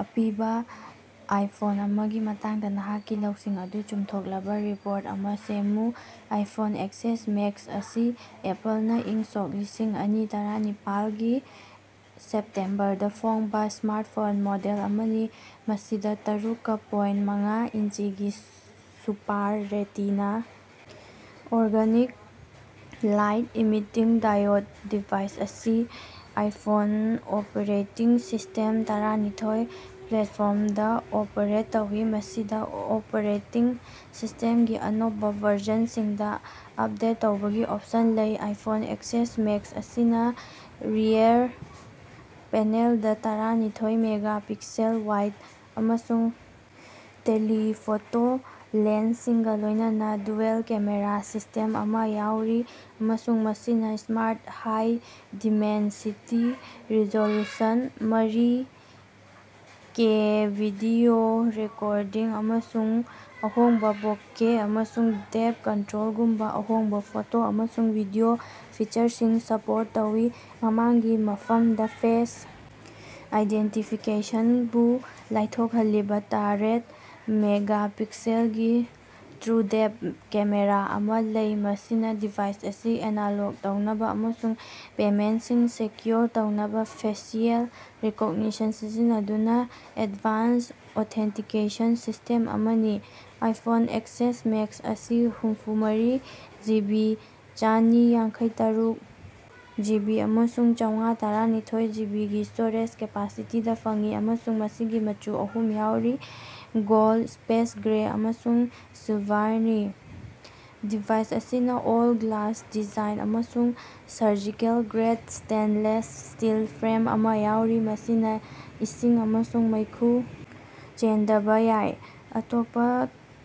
ꯑꯄꯤꯕꯥ ꯑꯥꯏꯐꯣꯟ ꯑꯃꯒꯤ ꯃꯇꯥꯡꯗꯥ ꯅꯍꯥꯛꯀꯤ ꯂꯧꯁꯤꯡ ꯑꯗꯨ ꯆꯨꯝꯊꯣꯛꯂꯕꯥ ꯔꯤꯄꯣꯔꯠ ꯑꯃꯥ ꯁꯦꯝꯃꯨ꯫ ꯑꯥꯏꯐꯣꯟ ꯑꯦꯛꯁꯑꯦꯁ ꯃꯦꯛꯁ ꯑꯁꯤ ꯑꯦꯄꯜꯅꯥ ꯏꯪ ꯁꯣꯛ ꯂꯤꯁꯤꯡ ꯑꯅꯤ ꯇꯔꯥꯅꯤꯄꯥꯜꯒꯤ ꯁꯦꯞꯇꯦꯝꯕꯔꯗꯥ ꯐꯣꯡꯕꯥ ꯁ꯭ꯃꯥꯔꯠꯐꯣꯟ ꯃꯣꯗꯦꯜ ꯑꯃꯅꯤ, ꯃꯁꯤꯗꯥ ꯇꯔꯨꯛꯀꯥ ꯄꯣꯏꯟꯠ ꯃꯉꯥ ꯏꯟꯆꯤꯒꯤ super retina organic light emitting diode device ꯑꯁꯤ ꯑꯥꯏꯐꯣꯟ ꯑꯣꯄꯦꯔꯦꯇꯤꯡ ꯁꯤꯁꯇꯦꯝ ꯇꯔꯥꯅꯤꯊꯣꯏ ꯄ꯭ꯂꯦꯠꯐꯣꯝꯗꯥ ꯑꯣꯄꯔꯦꯠ ꯇꯧꯏ, ꯃꯁꯤꯗꯥ ꯑꯣꯄꯔꯦꯇꯤꯡ ꯁꯤꯁ꯭ꯇꯦꯝꯒꯤ ꯑꯅꯧꯕꯥ ꯚꯔꯖꯟꯁꯤꯡꯗꯥ ꯑꯞꯗꯦꯠ ꯇꯧꯕꯒꯤ ꯑꯣꯞꯁꯟ ꯂꯩ꯫ ꯑꯥꯏꯐꯣꯟ ꯑꯦꯛꯁꯑꯦꯁ ꯃꯦꯛꯁ ꯑꯁꯤꯅꯥ ꯔꯤꯑꯦꯔ ꯄꯦꯅꯦꯜꯗꯥ ꯇꯔꯥꯅꯤꯊꯣꯏ ꯃꯦꯒꯥ ꯄꯤꯛꯁꯦꯜ ꯋꯥꯏꯗ ꯑꯃꯁꯨꯡ ꯇꯦꯂꯤꯐꯣꯇꯣ ꯂꯦꯟꯁꯁꯤꯡꯒꯥ ꯂꯣꯏꯅꯅꯥ ꯗ꯭ꯌꯨꯑꯦꯜ-ꯀꯦꯃꯦꯔꯥ ꯁꯤꯁ꯭ꯇꯦꯝ ꯑꯃꯥ ꯌꯥꯎꯔꯤ ꯑꯃꯁꯨꯡ ꯃꯁꯤꯅꯥ ꯁ꯭ꯃꯥꯔꯠ ꯍꯥꯏ ꯗꯤꯃꯦꯟꯁꯤꯇꯤ ꯔꯤꯖꯣꯂꯨꯁꯟ, ꯃꯔꯤ ꯀꯦ ꯚꯤꯗꯤꯑꯣ ꯔꯦꯀꯣꯔꯗꯤꯡ ꯑꯃꯁꯨꯡ ꯑꯍꯣꯡꯕꯥ ꯕꯣꯀꯦ ꯑꯃꯁꯨꯡ ꯗꯦꯞ ꯀꯟꯇ꯭ꯔꯣꯜꯒꯨꯝꯕꯥ ꯑꯍꯣꯡꯕꯥ ꯐꯣꯇꯣ ꯑꯃꯁꯨꯡ ꯚꯤꯗꯤꯑꯣ ꯐꯤꯆꯔꯁꯤꯡ ꯁꯥꯄꯣꯔꯠ ꯇꯧꯏ꯫ ꯃꯃꯥꯡꯒꯤ ꯃꯐꯝꯗꯥ, ꯐꯦꯁ ꯑꯥꯏꯗꯦꯟꯇꯤꯐꯤꯀꯦꯁꯟꯕꯨ ꯂꯥꯏꯊꯣꯛꯍꯜꯂꯤꯕꯥ ꯇꯥꯔꯦꯠ ꯃꯦꯒꯥ ꯄꯤꯛꯁꯦꯜꯒꯤ ꯇ꯭ꯔꯨꯗꯦꯞ ꯀꯦꯃꯦꯔꯥ ꯑꯃꯥ ꯂꯩ ꯃꯁꯤꯅꯥ ꯗꯤꯚꯥꯏꯁ ꯑꯁꯤ ꯑꯅꯥꯂꯣꯛ ꯇꯧꯅꯕꯥ ꯑꯃꯁꯨꯡ ꯄꯦꯃꯦꯟꯁꯤꯡ ꯁꯦꯀ꯭ꯌꯨꯔ ꯇꯧꯅꯕꯥ ꯐꯦꯁꯤꯑꯦꯜ ꯔꯤꯀꯣꯛꯅꯤꯁꯟ ꯁꯤꯖꯤꯟꯅꯗꯨꯅꯥ ꯑꯦꯠꯚꯥꯟꯁ ꯑꯣꯊꯦꯟꯇꯤꯀꯦꯁꯟ ꯁꯤꯁꯇꯦꯝ ꯑꯃꯅꯤ꯫ ꯑꯥꯏꯐꯣꯟ ꯑꯦꯛꯁꯑꯦꯁ ꯃꯦꯛꯁ ꯑꯁꯤ ꯍꯨꯝꯐꯨꯃꯔꯤ ꯖꯤꯕꯤ, ꯆꯥꯅꯤ ꯌꯥꯡꯈꯩꯇꯥꯔꯨꯛ ꯖꯤꯕꯤ ꯑꯃꯁꯨꯡ ꯆꯧꯉꯥ ꯇꯔꯥꯅꯤꯊꯣꯏ ꯖꯤꯕꯤꯒꯤ ꯁ꯭ꯇꯣꯔꯦꯖ ꯀꯦꯄꯥꯁꯤꯇꯤꯗꯥ ꯐꯪꯏ ꯑꯃꯁꯨꯡ ꯃꯁꯤꯒꯤ ꯃꯆꯨ ꯑꯍꯨꯝ ꯌꯥꯎꯔꯤ: ꯒꯣꯜꯗ, ꯁ꯭ꯄꯦꯁ ꯒ꯭ꯔꯦ ꯑꯃꯁꯨꯡ ꯁꯤꯜꯚꯥꯔꯅꯤ꯫ ꯗꯤꯚꯥꯏꯁ ꯑꯁꯤꯅꯥ ꯑꯣꯜ-ꯒ꯭ꯂꯥꯁ ꯗꯤꯖꯥꯏꯟ ꯑꯃꯁꯨꯡ ꯁꯔꯖꯤꯀꯦꯜ-ꯒ꯭ꯔꯦꯠ ꯁ꯭ꯇꯦꯟꯂꯦꯁ ꯁ꯭ꯇꯤꯜ ꯐ꯭ꯔꯦꯝ ꯑꯃꯥ ꯌꯥꯎꯔꯤ, ꯃꯁꯤꯅꯥ ꯏꯁꯤꯡ ꯑꯃꯁꯨꯡ ꯃꯩꯈꯨ ꯆꯦꯟꯗꯕꯥ ꯌꯥꯏ꯫ ꯑꯇꯣꯞꯄꯥ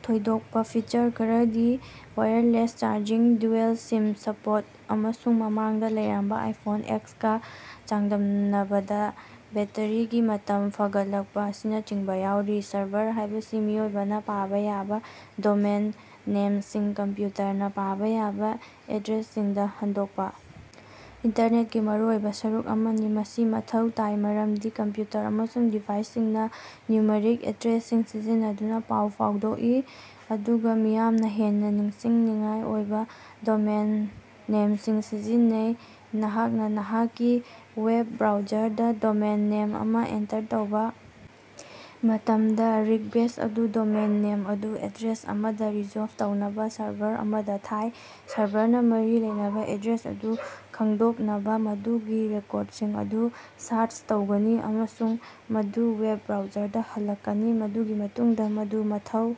ꯊꯣꯏꯗꯣꯛꯄꯥ ꯐꯤꯆꯔ ꯈꯔꯗꯤ ꯋꯥꯏꯌꯔꯂꯦꯁ ꯆꯥꯔꯖꯤꯡ, ꯗ꯭ꯌꯨꯑꯦꯜ-ꯁꯤꯝ ꯁꯄꯣꯠ ꯑꯃꯁꯨꯡ ꯃꯃꯥꯡꯗꯥ ꯂꯩꯔꯝꯕꯥ ꯑꯥꯏꯐꯣꯟ ꯑꯦꯛꯁꯀꯥ ꯆꯥꯡꯗꯝꯅꯕꯗꯥ ꯕꯦꯠꯇꯔꯤꯒꯤ ꯃꯇꯝ ꯐꯒꯠꯂꯛꯄꯥ ꯑꯁꯤꯅꯆꯤꯡꯕꯥ ꯌꯥꯎꯔꯤ꯫ ꯁꯔꯚꯔ ꯍꯥꯏꯕꯁꯤ ꯃꯤꯑꯣꯏꯕꯅꯥ ꯄꯥꯕꯥ ꯌꯥꯕꯥ ꯗꯣꯃꯦꯟ ꯅꯦꯝꯁꯤꯡ, ꯀꯝꯄ꯭ꯌꯨꯇꯔꯅꯥ ꯄꯥꯕꯥ ꯌꯥꯕꯥ ꯑꯦꯗ꯭ꯔꯦꯁꯁꯤꯡꯗꯥ ꯍꯟꯗꯣꯛꯄꯥ ꯏꯟꯇꯔꯅꯦꯠꯀꯤ ꯃꯔꯨꯑꯣꯏꯕꯥ ꯁꯔꯨꯛ ꯑꯃꯅꯤ꯫ ꯃꯁꯤ ꯃꯊꯧ ꯇꯥꯏ ꯃꯔꯝꯗꯤ ꯀꯝꯄ꯭ꯌꯨꯇꯔ ꯑꯃꯁꯨꯡ ꯗꯤꯚꯥꯏꯁꯁꯤꯡꯅꯥ ꯅ꯭ꯌꯨꯃꯔꯤꯛ ꯑꯦꯗ꯭ꯔꯦꯁꯁꯤꯡ ꯁꯤꯖꯤꯟꯅꯗꯨꯅꯥ ꯄꯥꯎ ꯐꯥꯎꯗꯣꯛꯏ, ꯑꯗꯨꯒꯥ ꯃꯤꯌꯥꯝꯅꯥ ꯍꯦꯟꯅꯥ ꯅꯤꯡꯁꯤꯡꯅꯤꯡꯉꯥꯏ ꯑꯣꯏꯕꯥ ꯗꯣꯃꯦꯟ ꯅꯦꯝꯁꯤꯡ ꯁꯤꯖꯤꯟꯅꯩ꯫ ꯅꯍꯥꯛꯅꯥ ꯅꯍꯥꯛꯀꯤ ꯋꯦꯞ ꯕ꯭ꯔꯥꯎꯖꯔꯗꯥ ꯗꯣꯃꯦꯟ ꯅꯦꯝ ꯑꯃꯥ ꯑꯦꯟꯇꯔ ꯇꯧꯕꯥ ꯃꯇꯝꯗꯥ, ꯔꯤꯛꯕꯦꯁ ꯑꯗꯨ ꯗꯣꯃꯦꯟ ꯅꯦꯝ ꯑꯗꯨ ꯑꯦꯗ꯭ꯔꯦꯁ ꯑꯃꯗꯥ ꯔꯤꯖꯣꯜꯕ ꯇꯧꯅꯕꯥ ꯁꯔꯚꯔ ꯑꯃꯗꯥ ꯊꯥꯏ꯫ ꯁꯔꯚꯔꯅꯥ ꯃꯔꯤ ꯂꯩꯅꯕꯥ ꯑꯦꯗ꯭ꯔꯦꯁ ꯑꯗꯨ ꯈꯪꯗꯣꯛꯅꯕꯥ ꯃꯗꯨꯒꯤ ꯔꯦꯀꯣꯔꯗꯁꯤꯡ ꯑꯗꯨ ꯁꯥꯔꯆ ꯇꯧꯒꯅꯤ ꯑꯃꯁꯨꯡ ꯃꯗꯨ ꯋꯦꯕ ꯕ꯭ꯔꯥꯎꯖꯔꯗꯥ ꯍꯜꯂꯛꯀꯅꯤ, ꯃꯗꯨꯒꯤ ꯃꯇꯨꯡꯗꯥ ꯃꯗꯨ ꯃꯊꯧ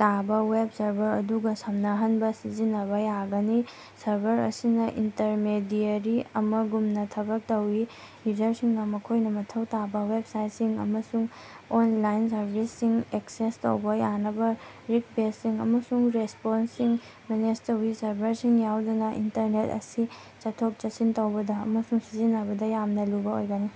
ꯇꯥꯕꯥ ꯋꯦꯕ ꯁꯔꯚꯔ ꯑꯗꯨꯒꯥ ꯁꯝꯅꯍꯟꯅꯕꯥ ꯁꯤꯖꯤꯟꯅꯕꯥ ꯌꯥꯒꯅꯤ꯫ ꯁꯔꯚꯔ ꯑꯁꯤꯅꯥ ꯏꯟꯇꯔꯃꯦꯗꯤꯑꯦꯔꯤ ꯑꯃꯒꯨꯝꯅꯥ ꯊꯕꯛ ꯇꯧꯏ, ꯌꯨꯖꯔꯁꯤꯡꯅꯥ ꯃꯈꯣꯏꯅꯥ ꯃꯊꯧ ꯇꯥꯕꯥ ꯋꯦꯞꯁꯥꯏꯠꯁꯤꯡ ꯑꯃꯁꯨꯡ ꯑꯣꯟꯂꯥꯏꯟ ꯁꯔꯚꯤꯁꯁꯤꯡ ꯑꯦꯛꯁꯦꯁ ꯇꯧꯕꯥ ꯌꯥꯅꯕꯥ ꯔꯤꯛꯕꯦꯁꯁꯤꯡ ꯑꯃꯁꯨꯡ ꯔꯦꯁꯄꯣꯟꯁꯁꯤꯡ ꯃꯦꯅꯦꯖ ꯇꯧꯏ꯫ ꯁꯔꯚꯔꯁꯤꯡ ꯌꯥꯎꯗꯅꯥ ꯏꯟꯇꯔꯅꯦꯠ ꯑꯁꯤ ꯆꯠꯊꯣꯛ-ꯆꯠꯁꯤꯟ ꯇꯧꯕꯗꯥ ꯑꯃꯁꯨꯡ ꯁꯤꯖꯤꯟꯅꯕꯗꯥ ꯌꯥꯝꯅꯥ ꯂꯨꯕꯥ ꯑꯣꯏꯒꯅꯤ꯫